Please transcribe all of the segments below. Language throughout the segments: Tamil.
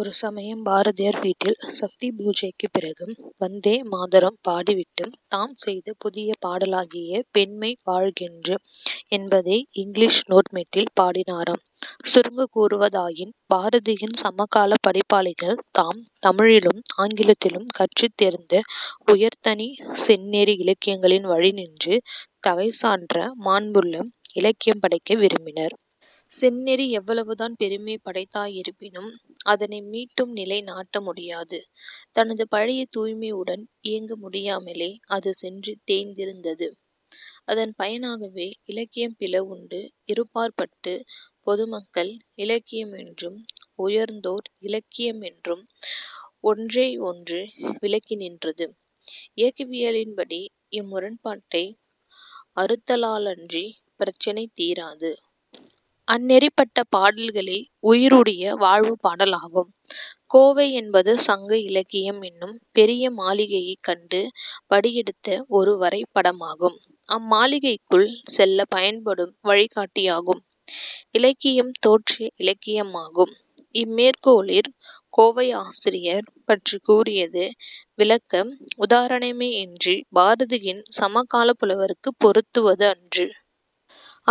ஒரு சமயம் பாரதியார் வீட்டில் சக்தி பூஜைக்குப் பிறகு "வந்தே மாதரம்" பாடிவிட்டு, "தாம் செய்த புதிய பாடலாகிய 'பெண்மை வாழ்கென்று' என்பதை இங்கிலீஷ் "நோட்மெட்டில்" பாடினாராம்.। சுருங்கக் கூறுவதாயின் பாரதியின் சமகாலப் படிப்பாளிகள் தாம் தமிழிலும் ஆங்கிலத்திலும் கற்றுத்தேர்ந்த உயர்தனிச் செந்நெறி இலக்கியங்களின் வழிநின்று தகை சான்ற மாண்புள்ள-இலக்கியம் படைக்க விரும்பினர். செந்நெறி எவ்வளவு தான் பெருமை படைத்தாராயிருப்பினும், அதனை மீட்டும் நிலைநாட்ட முடியாது. தனது பழைய 'தூய்மை'யுடன் இயங்க முடியாமலே அது சென்று தேய்ந்திருந்தது. அதன் பயனாகவே இலக்கியம் பிளவுண்டு இருபாற்பட்டு, பொதுமக்கள் இலக்கியம் என்றும், உயர்ந்தோர் இலக்கியம் என்றும் ஒன்றையொன்று விலக்கி நின்றது. இயக்கவியலின்படி இம் முரண்பாட்டை அறுத்தாலன்றிப் பிரச்சினை தீராது. அந்நெறிப்பட்ட பாடல்களே உயிருடைய வாழ்வுப் பாடலாகும்... கோவை என்பது சங்க இலக்கியம் என்னும் பெரிய மாளிகையைக் கண்டு படியெடுத்த ஒரு வரைப் படமாகும்; அம்மாளிகைக்குள் செல்லப் பயன்படும் வழிகாட்டியாகும்; இலக்கியம் தோற்றிய இலக்கியமாகும். " இம்மேற்கோளிற் கோவையாசிரியர் பற்றிக் கூறியது விளக்க உதாரணமேயன்றிப் பாரதியின் சமகாலப் புலவர்க்குப் பொருந்துவதன்று.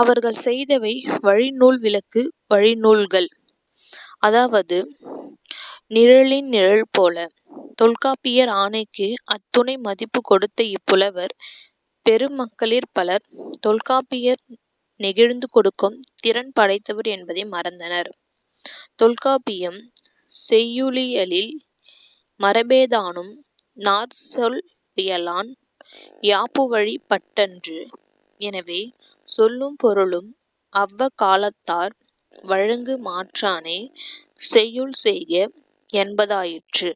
அவர்கள் செய்தவை வழிநூல்களக்கு வழிநூல்கள். அதாவது நிழலின் நிழல்போல! தொல்காப்பியர் ஆணைக்கு அத்துணை மதிப்புக் கொடுத்த இப்புலவர் பெருமக்களிற் பலர் தொல்காப்பியர் நெகிழ்ந்துகொடுக்கும் திறன் படைத்தவர் என்பதை மறந்தனர். தொல்காப்பியம் செய்யுளியலில், "மரபேதானும் நாற் சொல் வியலான் யாப்புவழிப் பட்டன்று" "எனவே, சொல்லும் பொருளும் அவ்வக்காலத்தார் வழங்கு மாற்றானே செய்யுள் செய்க என்பதாயிற்று.